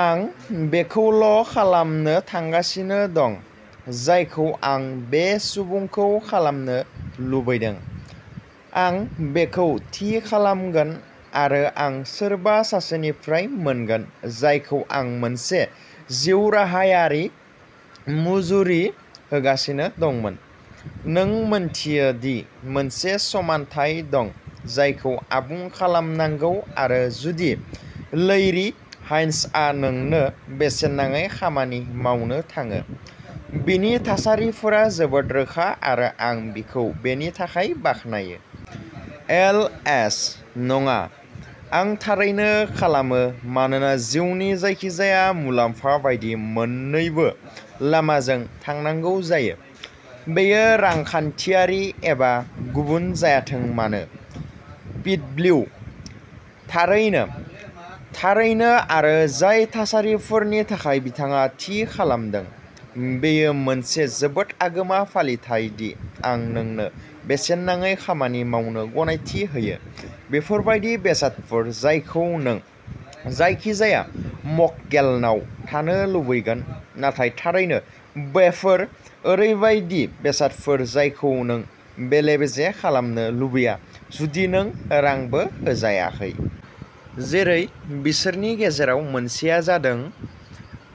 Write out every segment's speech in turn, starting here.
आं बेखौल'खालामनो थांगासिनो दं, जायखौ आं बे सुबुंखौ खालामनो लुबैदों। 'आं बेखौ थि खालामगोन आरो आं सोरबा सासेनिफ्राय मोनगोन जायखौ आं मोनसे जिउराहायारि मुजुरि होगासिनो दंमोन। "नों मिन्थियो दि मोनसे समानथाय दं जायखौ आबुं खालामनांगौ आरो जुदि लैरी हाइन्सआ नोंनो बेसेन नाङै खामानि मावनो थाङो, बिनि थासारिफोरा जोबोद रोखा आरो आं बिखौ बेनि थाखाय बाख्नायो। एलएचः नङा, आं थारैनो खालामो मानोना जिउनि जायखिजाया मुलाम्फा बायदि मोन्नैबो लामाजों थांनांगौ जायो, बेयो रांखान्थियारि एबा गुबुन जायाथों मानो। पिडब्लिउः थारैनो, थारैनो आरो जाय थासारिफोरनि थाखाय बिथाङा थि खालामदों," बेयो मोनसे जोबोद आगोमा फालिथाय दि आं नोंनो बेसेन नाङै खामानि मावनो गनायथि होयो "बेफोर बायदि बेसादफोर जायखौ नों जायखिजाया मक्केलनाव थानो लुबैगोन नाथाय थारैनो बेफोर ओरैबायदि बेसादफोर जायखौ नों बेले-बेजे खालामनो लुबैया जुदि नों रांबो होजायाखै। जेरै बिसोरनि गेजेराव मोनसेआ जादों,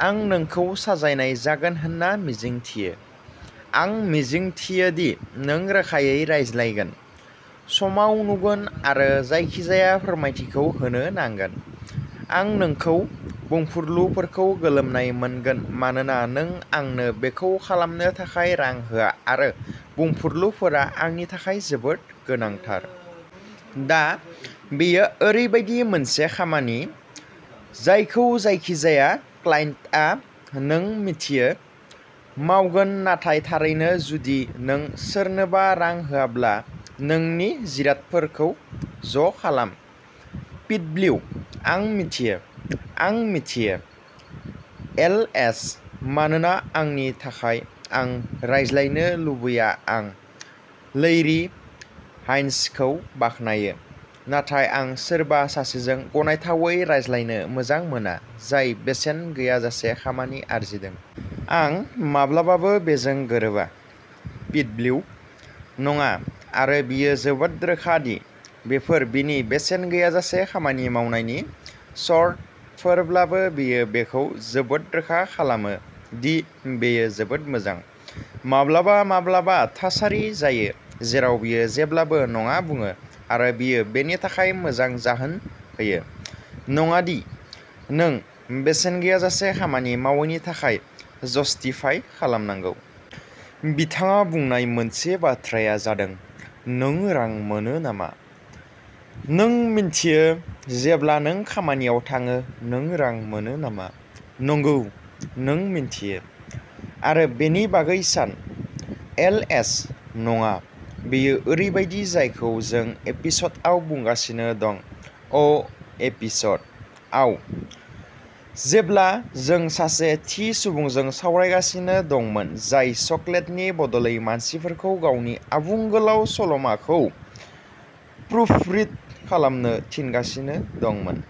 "आं नोंखौ साजायनाय जागोन होनना मिजिंथियो। आं मिजिंथियो दि नों रोखायै रायज्लायगोन, समाव नुगोन आरो जायखिजाया फोरमायथिखौ होनो नांगोन। आं नोंखौ बुंफुरलुफोरखौ गोलोमनाय मोनगोन मानोना नों आंनो बेखौ खालामनो थाखाय रां होआ आरो बुंफुरलुफोरा आंनि थाखाय जोबोद गोनांथार। " दा बेयो ओरैबायदि मोनसे खामानि, जायखौ जायखिजाया क्लाइन्टआ, नों मिथियो, मावगोन नाथाय थारैनो जुदि नों सोरनोबा रां होआब्ला नोंनि जिरादफोरखौ ज'खालाम। पिडब्लिउः आं मिथियो, आं मिथियो। एलएचः मानोना आंनि थाखाय आं रायज्लायनो लुबैयाआं लैरी हाइन्स खौ बाख्नायो, नाथाय आं सोरबा सासेजों गनायथावै रायज्लायनो मोजां मोना जाय बेसेन गैयाजासे खामानि आरजिदों। आं माब्लाबाबो बेजों गोरोबा। पिडब्लिउः नङा आरो बियो जोबोद रोखा दि बेफोर बिनि बेसेन गैयाजासे खामानि मावनायनि सर्तफोरब्लाबो बियो बेखौ जोबोद रोखा खालामो दि बेयो जोबोद मोजां। माब्लाबा-माब्लाबा थासारि जायो जेराव बियो जेब्लाबो नङा बुङो आरो बियो बेनि थाखाय मोजां जाहोन होयो, नङा दि नों बेसेन गैयाजासे खामानि मावैनि थाखाय जस्टिफाइ खालामनांगौ। बिथाङा बुंनाय मोनसे बाथ्राया जादों, "नों रां मोनो नामा? नों मिन्थियो जेब्ला नों खामानियाव थाङो नों रां मोनो नामा? " नंगौ, नों मिन्थियो, आरो बेनि बागै सान। एलएचः नङा, बेयो ओरैबायदि जायखौ जों एपिस'ड आव बुंगासिनो दं, अ'एपिस'ड आव, जेब्ला जों सासे थि सुबुंजों सावरायगासिनो दंमोन जाय चकलेटनि बदलै मानसिफोरखौ गावनि आबुं गोलाव सल'माखौ प्रुफरिड खालामनो थिनगासिनो दंमोन।